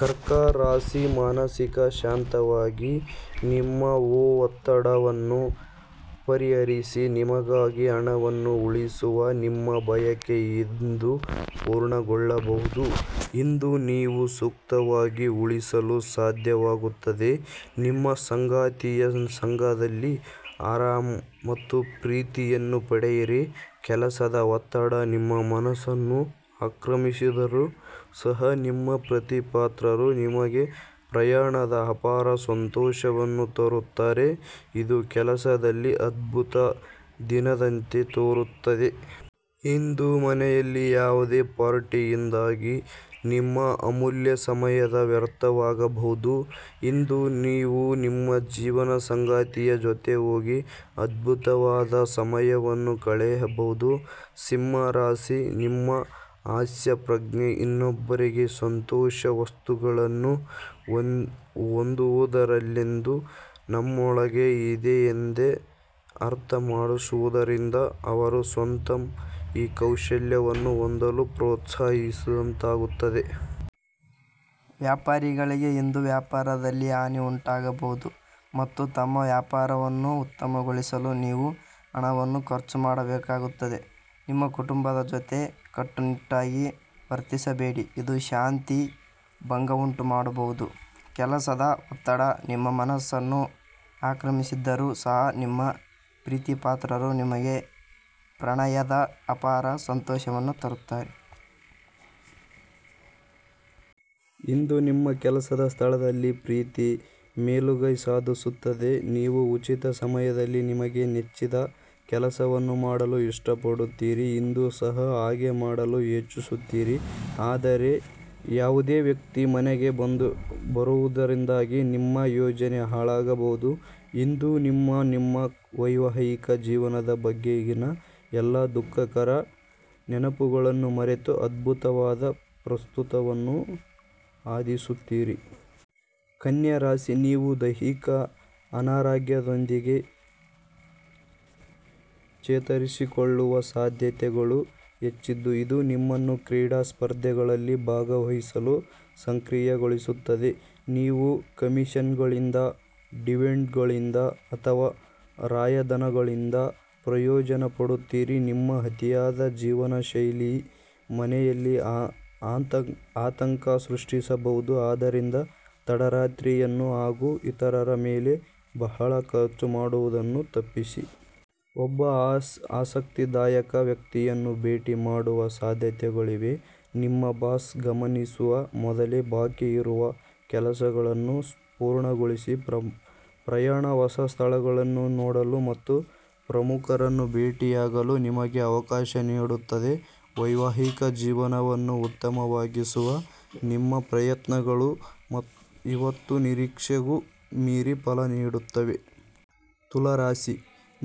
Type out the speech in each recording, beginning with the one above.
ಕರ್ಕ ರಾಶಿ: ಮಾನಸಿಕ ಶಾಂತಿಗಾಗಿ ನಿಮ್ಮ ಒ'ತ್ತಡವನ್ನು ಪರಿಹರಿಸಿ. ನಿಮಗಾಗಿ ಹಣವನ್ನು ಉಳಿಸುವ ನಿಮ್ಮ ಬಯಕೆ ಇಂದು ಪೂರ್ಣಗೊಳ್ಳಬಹುದು. ಇಂದು ನೀವು ಸೂಕ್ತವಾಗಿ ಉಳಿಸಲು ಸಾಧ್ಯವಾಗುತ್ತದೆ. ನಿಮ್ಮ ಸಂಗಾತಿಯ ಸಂಗದಲ್ಲಿ- ಆರಾಮ ಮತ್ತು ಪ್ರೀತಿಯನ್ನು ಪಡೆಯಿರಿ. ಕೆಲಸದ ಒತ್ತಡ ನಿಮ್ಮ ಮನಸ್ಸನ್ನು ಆಕ್ರಮಿಸಿದ್ದರೂ ಸಹ ನಿಮ್ಮ ಪ್ರೀತಿಪಾತ್ರರು ನಿಮಗೆ ಪ್ರಣಯದ ಅಪಾರ ಸಂತೋಷವನ್ನು ತರುತ್ತಾರೆ ಇದು ಕೆಲಸದಲ್ಲಿ ಅದ್ಭುತ ದಿನದಂತೆ ತೋರುತ್ತಿದೆ. ಇಂದು ಮನೆಯಲ್ಲಿ ಯಾವುದೇ ಪಾರ್ಟಿಯಿಂದಾಗಿ, ನಿಮ್ಮ ಅಮೂಲ್ಯ ಸಮಯ ವ್ಯರ್ಥವಾಗಬಹುದು. ಇಂದು, ನೀವು ನಿಮ್ಮ ಜೀವನ ಸಂಗಾತಿಯ ಜೊತೆ ಹೋಗಿ ಅದ್ಭುತವಾದ ಸಮಯವನ್ನು ಕಳೆಯಬಹುದು. ಸಿಂಹ ರಾಶಿ: ನಿಮ್ಮ ಹಾಸ್ಯಪ್ರಜ್ಞೆ ಇನ್ನೊಬ್ಬರಿಗೆ ಸಂತೋಷ ವಸ್ತುಗಳನ್ನು ಹೊಂದುವುದರಲ್ಲದೇ ನಮ್ಮೊಳಗೇ ಇದೆಯೆಂದು ಅರ್ಥ ಮಾಡಿಸುವುದರಿಂದ ಅವರು ಸ್ವತಃ ಈ ಕೌಶಲ್ಯವನ್ನು ಹೊಂದಲು ಪ್ರೋತ್ಸಾಹಿಸಿದಂತಾಗುತ್ತದೆ. ವ್ಯಾಪಾರಿಗಳಿಗೆ ಇಂದು ವ್ಯಾಪಾರದಲ್ಲಿ ಹಾ'ನಿ ಉಂಟಾಗಬಹುದು. ಮತ್ತು ತಮ್ಮ ವ್ಯಾಪಾರವನ್ನು ಉತ್ತಮಗೊಳಿಸಲು ನೀವು ಹಣವನ್ನು ಖರ್ಚು ಮಾಡಬೇಕಾಗುತ್ತದೆ. ನಿಮ್ಮ ಕುಟುಂಬದ ಜೊತೆ ಕಟ್ಟುನಿಟ್ಟಾಗಿ ವರ್ತಿಸಬೇಡಿ ಇದು ಶಾಂತಿ ಭಂ'ಗವುಂಟುಮಾಡಬಹುದು. ಕೆಲಸದ ಒತ್ತಡ ನಿಮ್ಮ ಮನಸ್ಸನ್ನು ಆಕ್ರಮಿಸಿದ್ದರೂ ಸಹ ನಿಮ್ಮ ಪ್ರೀತಿಪಾತ್ರರು ನಿಮಗೆ ಪ್ರಣಯದ ಅಪಾರ ಸಂತೋಷವನ್ನು ತರುತ್ತಾರೆ. ಇಂದು ನಿಮ್ಮ ಕೆಲಸದ ಸ್ಥಳದಲ್ಲಿ ಪ್ರೀತಿ ಮೇಲುಗೈ ಸಾಧಿಸುತ್ತದೆ. ನೀವು ಉಚಿತ ಸಮಯದಲ್ಲಿ ನಿಮಗೆ ನೆಚ್ಚಿದ ಕೆಲಸವನ್ನು ಮಾಡಲು ಇಷ್ಟಪಡುತ್ತೀರಿ. ಇಂದೂ ಸಹ ಹಾಗೆಯೆ ಮಾಡಲು ಯೋಚಿಸುತ್ತೀರಿ. ಆದರೆ ಯಾವುದೇ ವ್ಯಕ್ತಿ ಮನೆಗೆ ಬರುವುದರಿಂದಾಗಿ ನಿಮ್ಮ ಈ ಯೋಜನೆ ಹಾಳಾಗಬಹುದು. ಇಂದು, ನೀವು ನಿಮ್ಮ ವೈವಾಹಿಕ ಜೀವನದ ಬಗೆಗಿನ ಎಲ್ಲಾ ದುಃ'ಖಕರ ನೆನಪುಗಳನ್ನು ಮರೆತು ಅದ್ಭುತವಾದ ಪ್ರಸ್ತುತವನ್ನು ಆಸ್ವಾದಿಸುತ್ತೀರಿ. ಕನ್ಯಾ ರಾಶಿ: ನೀವು ದೈಹಿಕ ಅನಾರೋಗ್ಯದಿಂದ ಚೇತರಿಸಿಕೊಳ್ಳುವ ಸಾಧ್ಯತೆಗಳು ಹೆಚ್ಚಿದ್ದು ಇದು ನಿಮ್ಮನ್ನು ಕ್ರೀಡಾ ಸ್ಪರ್ಧೆಗಳಲ್ಲಿ ಭಾಗವಹಿಸಲು ಸಕ್ರಿಯಗೊಳಿಸುತ್ತದೆ. ನೀವು ಕಮಿಷನ್ಗಳಿಂದ – ಡಿವಿಡೆಂಡ್ಗಳಿಂದ- ಅಥವಾ ರಾಯಧನಗಳಿಂದ ಪ್ರಯೋಜನ ಪಡೆಯುತ್ತೀರಿ. ನಿಮ್ಮ ಅತಿಯಾದ ಜೀವನಶೈಲಿ ಮನೆಯಲ್ಲಿ ಆತಂಕ ಸೃಷ್ಟಿಸಬಹುದು ಆದ್ದರಿಂದ ತಡರಾತ್ರಿಯನ್ನು ಹಾಗೂ ಇತರರ ಮೇಲೆ ಬಹಳ ಖರ್ಚು ಮಾಡುವುದನ್ನು ತಪ್ಪಿಸಿ. ಒಬ್ಬ ಆಸಕ್ತಿದಾಯಕ ವ್ಯಕ್ತಿಯನ್ನು ಭೇಟಿ ಮಾಡುವ ಸಾಧ್ಯತೆಗಳಿವೆ. ನಿಮ್ಮ ಬಾಸ್ ಗಮನಿಸುವ ಮೊದಲೇ ಬಾಕಿಯಿರುವ ಕೆಲಸಗಳನ್ನು ಪೂರ್ಣಗೊಳಿಸಿ. ಪ್ರಯಾಣ ಹೊಸ ಸ್ಥಳಗಳನ್ನು ನೋಡಲು ಮತ್ತು ಪ್ರಮುಖರನ್ನು ಭೇಟಿಯಾಗಲು ನಿಮಗೆ ಅವಕಾಶ ನೀಡುತ್ತದೆ. ವೈವಾಹಿಕ ಜೀವನವನ್ನು ಉತ್ತಮವಾಗಿಸುವ ನಿಮ್ಮ ಪ್ರಯತ್ನಗಳು ಇವತ್ತು ನಿರೀಕ್ಷೆಗೂ ಮೀರಿ ಫಲ ನೀಡುತ್ತವೆ. ತುಲಾ ರಾಶಿ: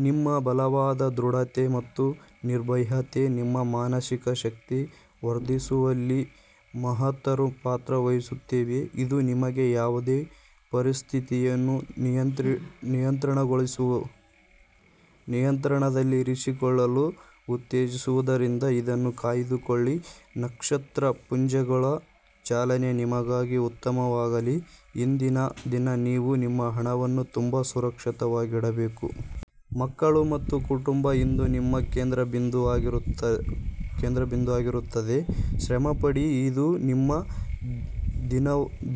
ನಿಮ್ಮ ಬಲವಾದ ಧೃಢತೆ ಮತ್ತು ನಿರ್ಭಯತೆ ನಿಮ್ಮ ಮಾನಸಿಕ ಶಕ್ತಿ ವರ್ಧಿಸುವಲ್ಲಿ ಮಹತ್ತರ ಪಾತ್ರ ವಹಿಸುತ್ತವೆ. ಇದು ನಿಮಗೆ ಯಾವುದೇ ಪರಿಸ್ಥಿತಿಯನ್ನು ನಿಯಂತ್ರಣದಲ್ಲಿರಿಸಿಕೊಳ್ಳಲು ಉ'ತ್ತೇಜಿಸುವುದರಿಂದ ಇದನ್ನು ಕಾಯ್ದುಕೊಳ್ಳಿ. ನಕ್ಷತ್ರಪುಂಜಗಳ ಚಾಲನೆ ನಿಮಗಾಗಿ ಉತ್ತಮವಾಗಿಲ್ಲ. ಇಂದಿನ ದಿನ ನೀವು ನಿಮ್ಮ ಹಣವನ್ನು ತುಂಬಾ ಸುರಕ್ಷಿತವಾಗಿಡಬೇಕು. ಮಕ್ಕಳು ಮತ್ತು ಕುಟುಂಬ ಇಂದು ನಿಮ್ಮ ಕೇಂದ್ರಬಿಂದುವಾಗಿರುತ್ತದೆ. ಶ್ರಮಪಡಿ, ಇದು ನಿಮ್ಮ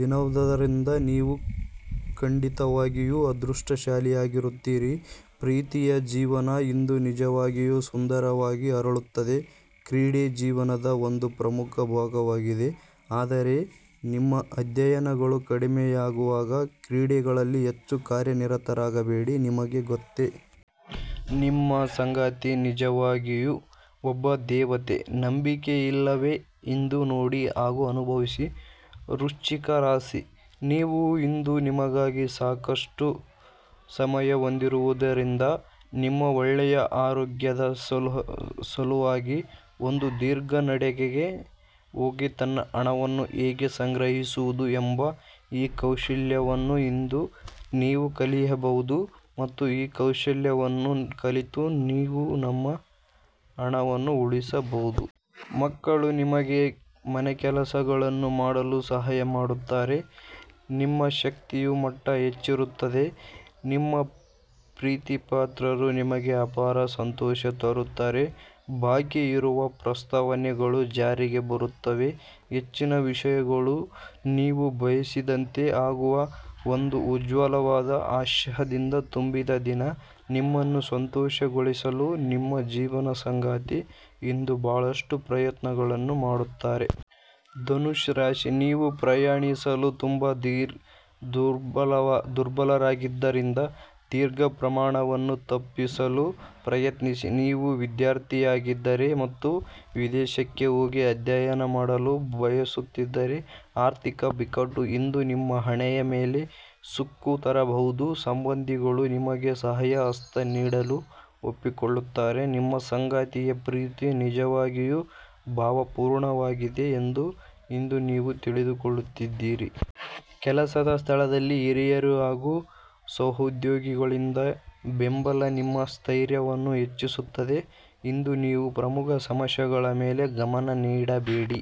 ದಿನವಾದ್ದರಿಂದ ನೀವು ಖಂಡಿತವಾಗಿಯೂ ಅದೃಷ್ಟಶಾಲಿಯಾಗಿರುತ್ತೀರಿ. ಪ್ರೀತಿಯ ಜೀವನ ಇಂದು ನಿಜವಾಗಿಯೂ ಸುಂದರವಾಗಿ ಅರಳುತ್ತದೆ. ಕ್ರೀಡೆ ಜೀವನದ ಒಂದು ಪ್ರಮುಖ ಭಾಗವಾಗಿದೆ ಆದರೆ ನಿಮ್ಮ ಅಧ್ಯಯನಗಳು ಕಡಿಮೆಯಾಗುವ ಕ್ರೀಡೆಗಳಲ್ಲಿ ಹೆಚ್ಚು ಕಾರ್ಯನಿರತರಾಗಬೇಡಿ. ನಿಮಗೆ ಗೊತ್ತೇ. ನಿಮ್ಮ ಸಂಗಾತಿ ನಿಜವಾಗಿಯೂ ಒಬ್ಬ ದೇವತೆ. ನಂಬಿಕೆಯಿಲ್ಲವೇ. ಇಂದು ನೋಡಿ ಹಾಗೂ ಅನುಭವಿಸಿ. ವೃಶ್ಚಿಕ ರಾಶಿ: ನೀವು ಇಂದು ನಿಮಗಾಗಿ ಸಾಕಷ್ಟು ಸಮಯ ಹೊಂದಿರುವುದರಿಂದ ನಿಮ್ಮ ಒಳ್ಳೆಯ ಆರೋಗ್ಯದ ಸಲುವಾಗಿ ಒಂದು ಧೀರ್ಘ ನಡಿಗೆಗೆ ಹೋಗಿ. ತನ್ನ ಹಣವನ್ನು ಹೇಗೆ ಸಂಗ್ರಹಿಸುವುದು ಎಂಬ ಈ ಕೌಶಲ್ಯವನ್ನು ಇಂದು ನೀವು ಕಲಿಯಬಹುದು ಮತ್ತು ಈ ಕೌಶಲ್ಯವನ್ನು ಕಲಿತು ನೀವು ನಿಮ್ಮ ಹಣವನ್ನು ಉಳಿಸಬಹುದು. ಮಕ್ಕಳು ನಿಮಗೆ ಮನೆಕೆಲಸಗಳನ್ನು ಮಾಡಲು ಸಹಾಯ ಮಾಡುತ್ತಾರೆ. ನಿಮ್ಮ ಶಕ್ತಿಯ ಮಟ್ಟ ಹೆಚ್ಚಿರುತ್ತದೆ – ನಿಮ್ಮ ಪ್ರೀತಿಪಾತ್ರರು ನಿಮಗೆ ಅಪಾರ ಸಂತೋಷ ತರುತ್ತಾರೆ. ಬಾಕಿಯಿರುವ ಪ್ರಸ್ತಾವನೆಗಳು ಜಾರಿಗೆ ಬರುತ್ತವೆ. ಹೆಚ್ಚಿನ ವಿಷಯಗಳು ನೀವು ಬಯಸಿದಂತೆ ಅಗುವ ಒಂದು ಉಜ್ವಲವಾದ ಹಾಸ್ಯದಿಂದ ತುಂಬಿದ ದಿನ. ನಿಮ್ಮನ್ನು ಸಂತೋಷಗೊಳಿಸಲು ನಿಮ್ಮ ಜೀವನ ಸಂಗಾತಿ ಇಂದು ಬಹಳಷ್ಟು ಪ್ರಯತ್ನಗಳನ್ನು ಮಾಡುತ್ತಾರೆ. ಧನಸ್ಸು ರಾಶಿ: ನೀವು ಪ್ರಯಾಣಿಸಲು ತುಂಬಾ ದುರ್ಬಲರಾಗಿದ್ದರಿಂದ ದೀರ್ಘ ಪ್ರಯಾಣವನ್ನು ತಪ್ಪಿಸಲು ಪ್ರಯತ್ನಿಸಿ. ನೀವು ವಿಧ್ಯಾರ್ಥಿಯಾಗಿದ್ದರೆ ಮತ್ತು ವಿದೇಶಕ್ಕೆ ಹೋಗಿ ಅಧ್ಯಯನ ಮಾಡಲು ಬಯಸುತ್ತಿದ್ದರೆ ಆರ್ಥಿಕ ಬಿಕ್ಕಟ್ಟು. ಇಂದು ನಿಮ್ಮ ಹಣೆಯ ಮೇಲೆ ಸುಕ್ಕು ತರಬಹುದು. ಸಂಬಂಧಿಗಳು ನಿಮಗೆ ಸಹಾಯ ಹಸ್ತ ನೀಡಲು ಒಪ್ಪಿಕೊಳ್ಳುತ್ತಾರೆ. ನಿಮ್ಮ ಸಂಗಾತಿಯ ಪ್ರೀತಿ ನಿಜವಾಗಿಯೂ ಭಾವಪೂರ್ಣವಾಗಿದೆ ಎಂದು ಇಂದು ನೀವು ತಿಳಿದುಕೊಳ್ಳುತ್ತೀರಿ. ಕೆಲಸದ ಸ್ಥಳದಲ್ಲಿ ಹಿರಿಯರು ಹಾಗೂ ಸಹೋದ್ಯೋಗಿಗಳಿಂದ ಬೆಂಬಲ ನಿಮ್ಮ ಸ್ಥೈರ್ಯವನ್ನು ಹೆಚ್ಚಿಸುತ್ತದೆ. ಇಂದು ನೀವು ಪ್ರಮುಖ ಸಮಸ್ಯೆಗಳ ಮೇಲೆ ಗಮನ ನೀಡಬೇಕು.